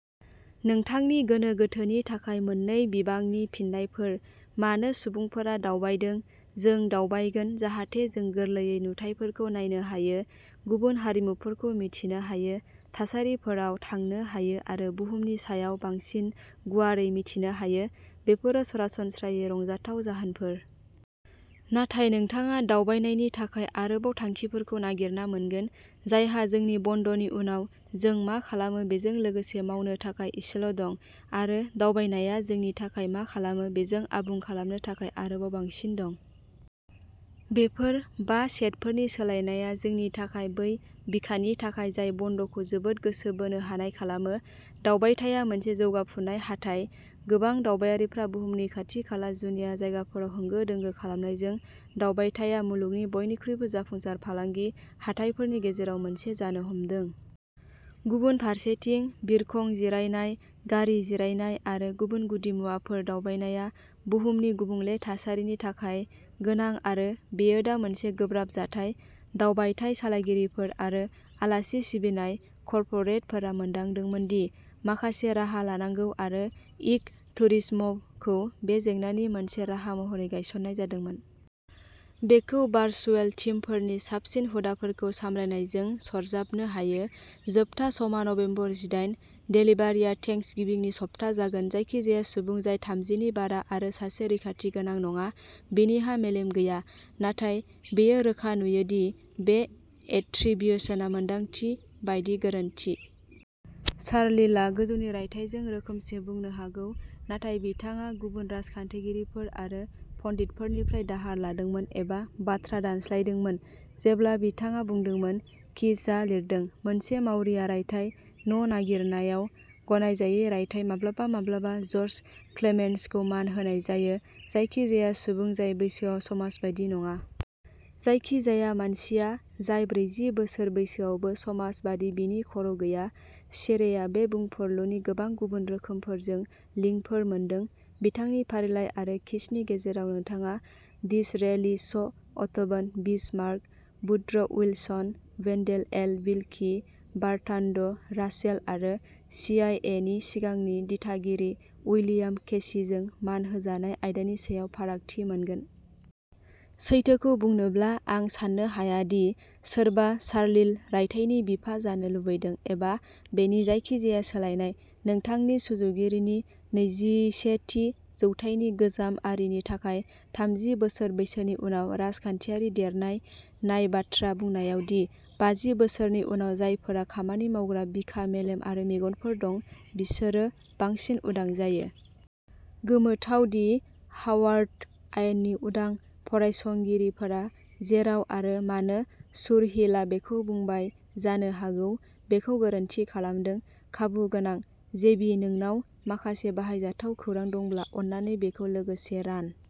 नोंथांनि गोनो-गोथोनि थाखाय मोननै बिबांनि फिननायफोर, मानो सुबुंफोरा दावबायदों। जों दावबायगोन जाहाथे जों गोरलैयै नुथायफोरखौ नायनो हायो, गुबुन हारिमुफोरखौ मिथिनो हायो, थासारिफोराव थांनो हायो आरो बुहुमनि सायाव बांसिन गुवारै मिथिनो हायो। बेफोरो सरासनस्रायै रंजाथाव जाहोनफोर। नाथाय नोंथाङा दावबायनायनि थाखाय आरोबाव थांखिफोरखौ नागिरना मोनगोन जायहा जोंनि बन्द'नि उनाव जों मा खालामो बेजों लोगोसे मावनो थाखाय एसेल'दं, आरो दावबायनाया जोंनि थाखाय मा खालामो बेजों आबुं खालामनो थाखाय आरोबाव बांसिन दं। बेफोर बा सेटफोरनि सोलायनाया जोंनि थाखाय बै बिखानि थाखाय जाय बन्द'खौ जोबोद गोसो बोनो हानाय खालामो। दावबायथाया मोनसे जौगाफुनाय हाथाय। गोबां दावबायारिफ्रा बुहुमनि खाथि-खाला जुनिया जायगाफोराव होंगो-दोंगो खालामनायजों, दावबायथाया मुलुगनि बयनिख्रुइबो जाफुंसार फालांगि हाथाइफोरनि गेजेराव मोनसे जानो हमदों। गुबुन फारसेथिं, बिरखं जिरायनाय, गारि जिरायनाय आरो गुबुन गुदिमुवाफोर। दावबायनाया बुहुमनि गुबुंले थासारिनि थाखाय गोनां आरो बेयो दा मोनसे गोब्राब जाथाय। दावबायथाय सालायगिरिफोर आरो आलासि सिबिनाय कर्परेटफोरा मोनदांदोंमोन दि माखासे राहा लानांगौ, आरो इक'- टुरिज्मखौ बे जेंनानि मोनसे राहा महरै गायसननाय जादोंमोन। बेखौ भार्च्युएल टिमफोरनि साबसिन हुदाफोरखौ सामलायनायजों सरजाबनो हायो। जोबथा समआ नबेम्बर जिदाइन। देलिभारिआ थेंक्सगिविंनि सप्ता जागोन। जायखिजाया सुबुं जाय थामजि नि बारा, आरो सासे रैखाथि गोनां नङा, बिनिहा मेलेम गैया। नाथाय, बेयो रोखा नुयो दि बे एट्रिब्युशना मोन्दांथि बायदि गोरोन्थि। चार्चिलआ गोजौनि रायथाइजों रोखोमसे बुंनो हागौ, नाथाय बिथाङा गुबुन राजखान्थिगिरिफोर आरो पन्डितफोरनिफ्राय दाहार लादोंमोन एबा बाथ्रा दानस्लायदोंमोन जेब्ला बिथाङा बुंदोंमोन। कीजआ लिरदों मोनसे मावरिया रायथाइ न'नागिरनायाव गनायजायै रायथाइ माब्लाबा-माब्लाबा ज'र्ज क्लेमेन्स'खौ मान होनाय जायो जायखिजाया सुबुं जाय बैसोयाव समाजबादि नङा। जायखिजाया मानसिया जाय ब्रैजि बोसोर बैसोआवबो समाजबादि, बिनि खर'गैया। शिरेआ बे बुंफुरलुनि गोबां गुबुन रोखोमफोरजों लिंकफोर मोनदों। बिथांनि फारिलाइ आरो कीजनि गेजेराव, नोंथाङा Disraeli, Shaw', Otto von Bismarck, Woodrow' Wilson, Wendell L Willkie, Bertrand Russell, आरो सिआइएनि सिगांनि दिथागिरि, उइलियाम केसिजों मान होजानाय आयदानि सायाव फारागथि मोनगोन। सैथोखौ बुंनोब्ला, आं साननो हाया दि सोरबा चार्चिल रायथाइनि बिफा जानो लुबैदों, एबा बेनि जायखिजाया सोलायनाय। नोंथांनि सुजुगिरिनि नैजिसे थि जौथाइनि गोजाम आरीनि थाखाय थामजि बोसोर बैसोनि उनाव राजखान्थियारि देरनाय नाय बाथ्रा बुंनायाव दि बाजि बोसोरनि उनाव, जायफोरा खामानि मावग्रा बिखा, मेलेम आरो मेगनफोर दं, बिसोरो बांसिन उदां जायो। गोमोथाव दि हार्वार्ड आयेननि उदां फरायसंगिरिफोरा जेराव आरो मानो चुरहिलआ बेखौ बुंबाय जानो हागौ बेखौ गोरोन्थि खालामदों। खाबुगोनां जेबि, नोंनाव माखासे बाहायजाथाव खौरां दंब्ला, अन्नानै बेखौ लोगोसे रान।